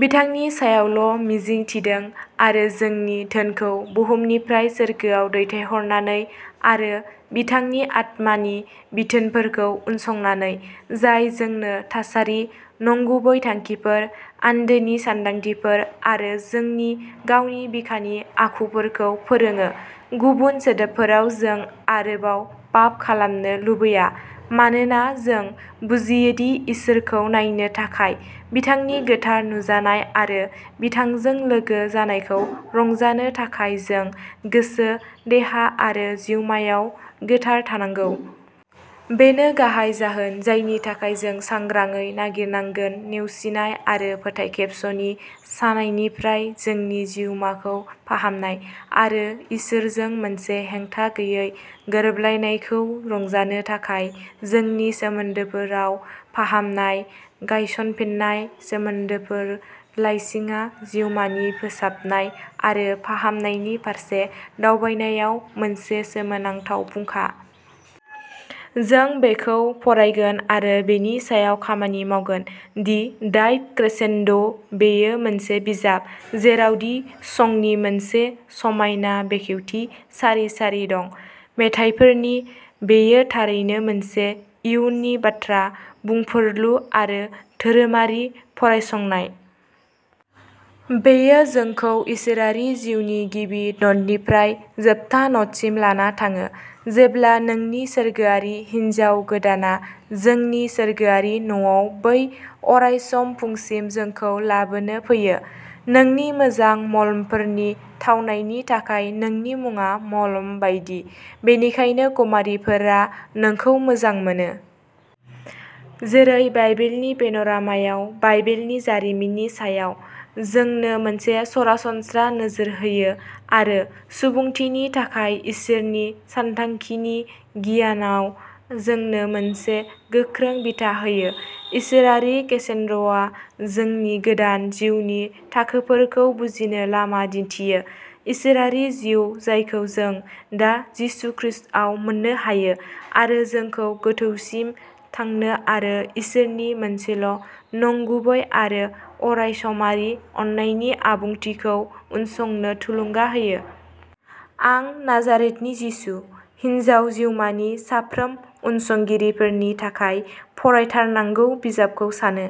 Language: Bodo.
बिथांनि सायावल' मिजिं थिदों आरो जोंनि धोनखौ बुहुमनिफ्राय सोरगोआव दैथायहरनानै आरो बिथांनि आत्मानि बिथोनफोरखौ उनसंनानै, जाय जोंनो थासारि, नंगुबै थांखिफोर, आन्दोनि सानदांथिफोर आरो जोंनि गावनि बिखानि आखुफोरखौ फोरोङो, गुबुन सोदोबफोराव जों आरोबाव पाप खालामनो लुबैया मानोना जों बुजियो दि इसोरखौ नायनो थाखाय, बिथांनि गोथार नुजानाय आरो बिथांजों लोगो जानायखौ रंजानो थाखाय जों गोसो, देहा आरो जिउमायाव गोथार थानांगौ। बेनो गाहाय जाहोन जायनि थाखाय जों सांग्राङै नागिरनांगोन नेवसिनाय आरो फोथायखेबस'नि सानायनिफ्राय जोंनि जिउमाखौ फाहामनाय, आरो इसोरजों मोनसे हेंथा गैयै गोरोबलायनायखौ रंजानो थाखाय जोंनि सोमोन्दोफोराव फाहामनाय। गायसनफिननाय सोमोन्दोफोर लाइसिङा जिउमानि फोसाबनाय आरो फाहामनायनि फारसे दावबायनायाव मोनसे सोमोनांथाव फुंखा। जों बेखौ फरायगोन आरो बेनि सायाव खामानि मावगोन। दि डाइभ क्रेसेन्ड' बेयो मोनसे बिजाब जेराव दि संनि मोनसे समायना बेखेवथि सारि सारि दं। मेथाइफोरनि, बेयो थारैनो मोनसे इयुननि बाथ्रा बुंफोरलु आरो धोरोमारि फरायसंनाय। बेयो जोंखौ इसोरारि जिउनि गिबि न'टनिफ्राय जोबथा न'टसिम लाना थाङो, जेब्ला जोंनि सोरगोआरि हिन्जाव गोदानआ नोंनि सोरगोआरि न'आव बै अरायसम फुंसिम जोंखौ लाबोनो फैयो। "नोंनि मोजां मलमफोरनि थावनायनि थाखाय नोंनि मुङा मलम बायदि, बेनिखायनो कुमारीफोरा नोंखौ मोजां मोनो। जेरै बाइबेलनि पेन'रामाया बाइबेलनि जारिमिननि सायाव जोंनो मोनसे सरासनस्रा नोजोर होयो आरो सुबुंथिनि थाखाय इसोरनि सानथांखिनि गियानाव जोंनो मोनसे गोख्रों बिथा होयो, इसोरारि क्रेसेन्ड'आ जोंनि गोदान जिउनि थाखोफोरखौ बुजिनो लामा दिन्थियो, इसोरारि जिउ जायखौ जों दा जिसु खृष्टआव मोननो हायो, आरो जोंखौ गोथौसिम थांनो आरो इसोरनि मोनसेल' नंगुबै आरो अरायसमारि अननायनि आबुंथिखौ उनसंनो थुलुंगा होयो। आं नाजारेथनि जिसु, हिन्जाव जिउमानि साफ्रोम उनसंगिरिफोरनि थाखाय फरायथारनांगौ बिजाबखौ सानो।